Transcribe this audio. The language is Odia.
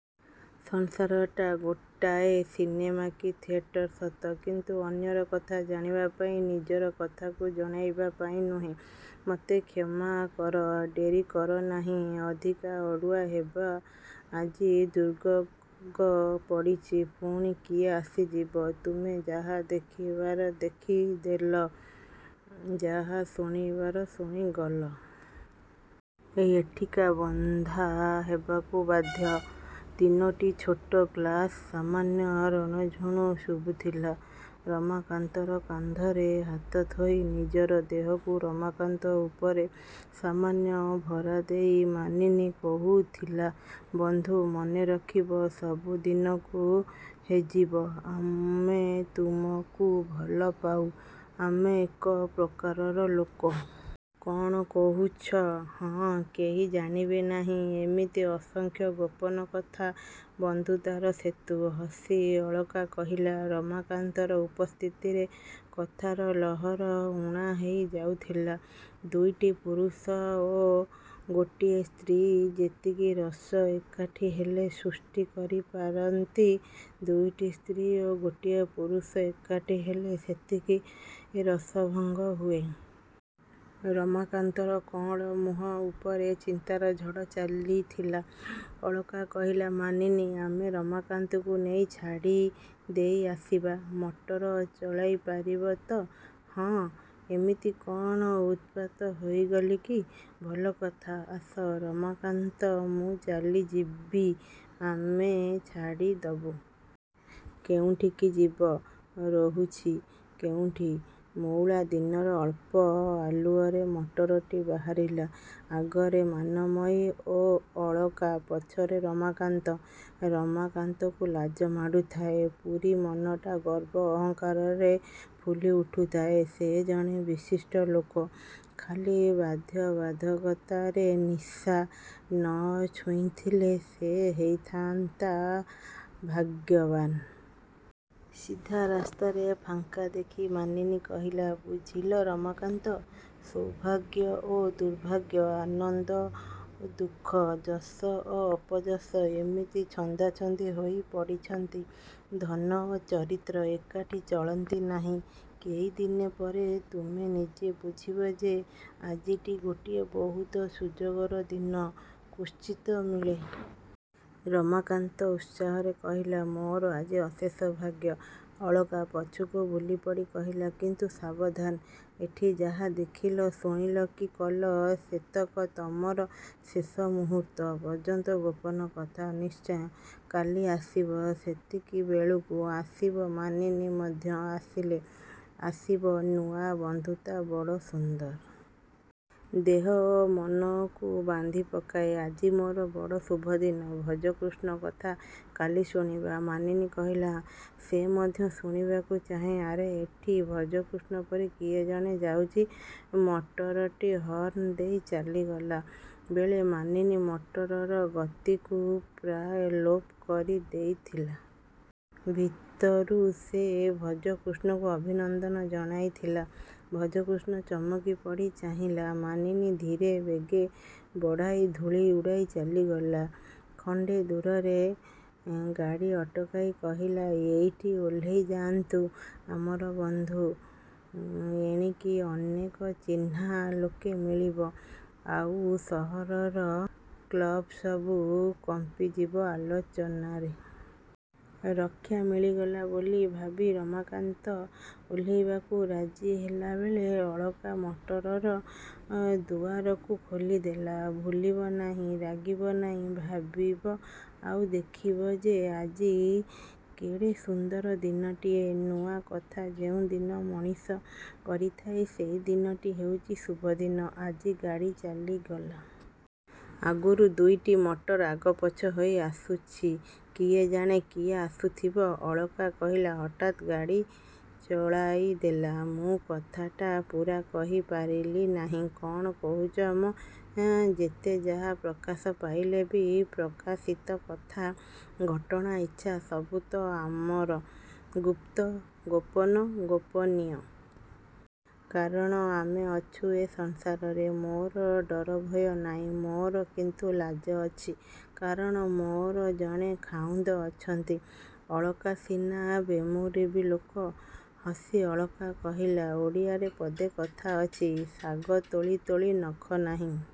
ସଂସାରଟା ଗୋଟାଏ ସିନେମା କି ଥିଏଟର ସତ; କିନ୍ତୁ ଅନ୍ୟର କଥା ଜାଣିବା ପାଇଁ–ନିଜର କଥାକୁ ଜଣାଇବା ପାଇଁ ନୁହେଁ। –ମତେ କ୍ଷମା କର। –ଡେରି କର ନାହିଁ। ଅଧିକା ଅଡ଼ୁଆ ହେବ। ଆଜି ଦୁର୍ଯୋଗ ପଡ଼ିଛି। ପୁଣି କିଏ ଆସିଯିବ? ତୁମେ ଯାହା ଦେଖିବାର ଦେଖି ଦେଲ–ଯାହା ଶୁଣିବାର ଶୁଣିଗଲ। ଏକାଠି ବନ୍ଧା ହେବାକୁ ବାଧ୍ୟ। ତିନୋଟି ଛୋଟ ଗ୍ଲାସ୍ର ସାମାନ୍ୟ ରଣଝଣ ଶୁଭିଥିଲା। ରମାକାନ୍ତର କାନ୍ଧରେ ହାତ ଥୋଇ ନିଜର ଦେହକୁ ରମାକାନ୍ତ ଉପରେ ସାମାନ୍ୟ ଭରା ଦେଇ ମାନିନୀ କହିଥିଲା–ବଂଧୁ, ମନେରଖିବ। ସବୁ ଦିନକୁ ହେଜିବ–ଆମେ ତୁମକୁ ଭଲ ପାଉ। ଆମେ ଏକ ପ୍ରକାରର ଲୋକ। କ'ଣ କହୁଛ? –ହଁ। କେହି ଜାଣିବେ ନାହିଁ। ଏମିତି ଅସଂଖ୍ୟ ଗୋପନ କଥା ବନ୍ଧୁତାର ସେତୁ। ହସି ଅଳକା କହିଲା। ରମାକାନ୍ତର ଉପସ୍ଥିତିରେ କଥାର ଲହର ଊଣା ହେଇ ଯାଉଥିଲା–ଦୁଇଟି ପୁରୁଷ ଓ ଗୋଟିଏ ସ୍ତ୍ରୀ ଯେତିକି ରସ ଏକାଠି ହେଲେ ସୃଷ୍ଟି କରି ପାରନ୍ତି, ଦୁଇଟି ସ୍ତ୍ରୀ ଓ ଗୋଟିଏ ପୁରୁଷ ଏକାଠି ହେଲେ ସେତିକି ରସଭଙ୍ଗ ହୁଏ। ରମାକାନ୍ତର କଅଁଳ ମୁହଁ ଉପରେ ଚିନ୍ତାର ଝଡ଼ ଚାଲିଥିଲା। ଅଳକା କହିଲା–ମାନିନୀ, ଆମେ ରମାକାନ୍ତଙ୍କୁ ନେଇ ଛାଡ଼ି ଦେଇ ଆସିବା। ମଟର ଚଳାଇ ପାରିବ ତ। –ହଁ, ଏମିତି କ'ଣ ଉତ୍ପାତ ହେଇଗଲି କି? –ଭଲ କଥା। –ଆସ ରମାକାନ୍ତ। –ମୁଁ ଚାଲିଯିବି। –ଆମେ ଛାଡ଼ି ଦବୁ। କେଉଁଠିକି ଯିବ? ରହୁଛ କେଉଁଠି? ମଉଳା ଦିନର ଅଳ୍ପ ଆଲୁଅରେ ମଟରଟି ବାହାରିଲା–ଆଗରେ ମାନମୟୀ ଓ ଅଳକା। ପଛରେ ରମାକାନ୍ତ। ରମାକାନ୍ତକୁ ଲାଜ ମାଡ଼ୁଥାଏ। ପୁରି ମନଟା ଗର୍ବ ଅହଙ୍କାରରେ ଫୁଲି ଉଠୁଥାଏ–ସେ ଜଣେ ବିଶିଷ୍ଟ ଲୋକ। ଖାଲି ବାଧ୍ୟବାଧକତାରେ ନିଶା ନ ଛୁଇଁଥିଲେ ସେ ହୋଇଥାନ୍ତା ଭାଗ୍ୟବାନ୍-। ସିଧା ରାସ୍ତାରେ ଫାଙ୍କା ଦେଖି ମାନିନୀ କହିଲା–ବୁଝିଲ ରମାକାନ୍ତ, ସୌଭାଗ୍ୟ ଓ ଦୁର୍ଭାଗ୍ୟ, ଆନନ୍ଦ, ଦୁଃଖ, ଯଶ ଓ ଅପଯଶ ଏମିତି ଛନ୍ଦାଛନ୍ଦି ହୋଇ ପଡ଼ିଛନ୍ତି। ଧନ ଓ ଚରିତ୍ର ଏକାଠି ଚଳନ୍ତି ନାହିଁ। କେଇ ଦିନ ପରେ ତୁମେ ନିଜେ ବୁଝିବ ଯେ ଆଜିଟି ଗୋଟିଏ ବହୁତ ସୁଯୋଗର ଦିନ–କ୍ୱଚିତ୍ ମିଳେ। ରମାକାନ୍ତ ଉତ୍ସାହରେ କହିଲା–ମୋର ଆଜି ଅଶେଷ ଭାଗ୍ୟ। ଅଳକା ପଛକୁ ବୁଲିପଡ଼ି କହିଲା–କିନ୍ତୁ ସାବଧାନ! ଏଠି ଯାହା ଦେଖିଲ, ଶୁଣିଲ କି କଲ ସେତକ ତମର ଶେଷ ମୁହୂର୍ତ୍ତ ପର୍ଯ୍ୟନ୍ତ ଗୋପନ କଥା। –ନିଶ୍ଚୟ। –କାଲି ଆସିବ। ସେତିକି ବେଳକୁ। ଆସିବ ମାନିନୀ ମଧ୍ୟ ଆସିଲେ ଆସିବ ନୂଆ ବନ୍ଧୁତା ବଡ଼ ସୁନ୍ଦର। ଦେହ ଓ ମନକୁ ବାନ୍ଧି ପକାଏ। ଆଜି ମୋର ବଡ଼ ଶୁଭଦିନ–ଭଜକୃଷ୍ଣ କଥା କାଲି ଶୁଣିବା। ମାନିନୀ କହିଲା–ସେ ମଧ୍ୟ ଶୁଣିବାକୁ ଚାହେଁ। ଆରେ ଏଠି ଭଜକୃଷ୍ଣ ପରି କିଏ ଜଣେ ଯାଉଛି। ମଟରଟି ହର୍ଣ୍ଣ ଦେଇ ଚାଲିଗଲା ବେଳେ ମାନିନୀ ମଟରର ଗତିକୁ ପ୍ରାୟ ଲୋପ କରି ଦେଇଥିଲା। ଭିତରୁ ସେ ଭଜକୃଷ୍ଣକୁ ଅଭିନନ୍ଦନ ଜଣାଇଥିଲା। ଭଜକୃଷ୍ଣ ଚମକି ପଡ଼ି ଚାହିଁଲା। ମାନିନୀ ଧୀରେ ବେଗ ବଢ଼ାଇ ଧୂଳି ଉଠାଇ ଚାଲିଗଲା। ଖଣ୍ଡେ ଦୂରରେ ଗାଡ଼ି ଅଟକାଇ କହିଲା–ଏଇଠି ଓହ୍ଲେଇଯାନ୍ତୁ–ଆମର ବନ୍ଧୁ। ଏଣିକି ଅନେକ ଚିହ୍ନା ଲୋକ ମିଳିବେ। ଆଉ ସହରର କ୍ଲବ ସବୁ କମ୍ପିଯିବ ଆଲୋଚନାରେ। ରକ୍ଷା ମିଳିଗଲା ବୋଲି ଭାବି ରମାକାନ୍ତ ଓହ୍ଲାଇବାକୁ ରାଜି ହେଲାବେଳେ ଅଳକା ମଟରର ଦୁଆରକୁ ଖୋଲିଦେଲା। –ଭୁଲିବ ନାହିଁ। ରାଗିବ ନାହିଁ। –ଭାବିବ ଆଉ ଦେଖିବ ଯେ ଆଜି କେଡ଼େ ସୁନ୍ଦର ଦିନଟିଏ–ନୂଆ କଥା ଯେଉଁଦିନ ମଣିଷ କରିଥାଏ ସେ ଦିନଟି ହେଉଛି ଶୁଭଦିନ। ଆଜି ଗାଡ଼ି ଚାଲିଗଲା। ଆଗରୁ ଦୁଇଟି ମଟର ଆଗପଛ ହୋଇ ଆସୁଛି। କିଏ ଜାଣେ କିଏ ଆସୁଥିବ। ଅଳକା କହିଲା–ହଠାତ୍ ଗାଡ଼ି ଚଳାଇ ଦେଲା। ମୁଁ କଥାଟା ପୂରା କହି ପାରିଲି ନାହିଁ। –କ'ଣ କହୁଛ ମ? ଯେତେ ଯାହା ପ୍ରକାଶ ପାଇଲେ ବି ପ୍ରକାଶିତ କଥା, ଘଟଣା, ଇଚ୍ଛା ସବୁ ତ ଆମର ଗୁପ୍ତ–ଗୋପନ–ଗୋପନୀୟ। କାରଣ ଆମେ ଅଛୁ ଏଇ ସଂସାରରେ। –ମୋର ଡର ଭୟ ନାହିଁ। –ମୋର କିନ୍ତୁ ଲାଜ ଅଛି। କାରଣ ମୋର ଜଣେ ଖାଉନ୍ଦ ଅଛନ୍ତି। ଅଳକା ସିନା ବେମୁରବି ଲୋକ। ହସି ଅଳକା କହିଲା–ଓଡ଼ିଆରେ ପଦେ କଥା ଅଛି। –ଶାଗ ତୋଳି ତୋଳି ନଖ ନାହିଁ।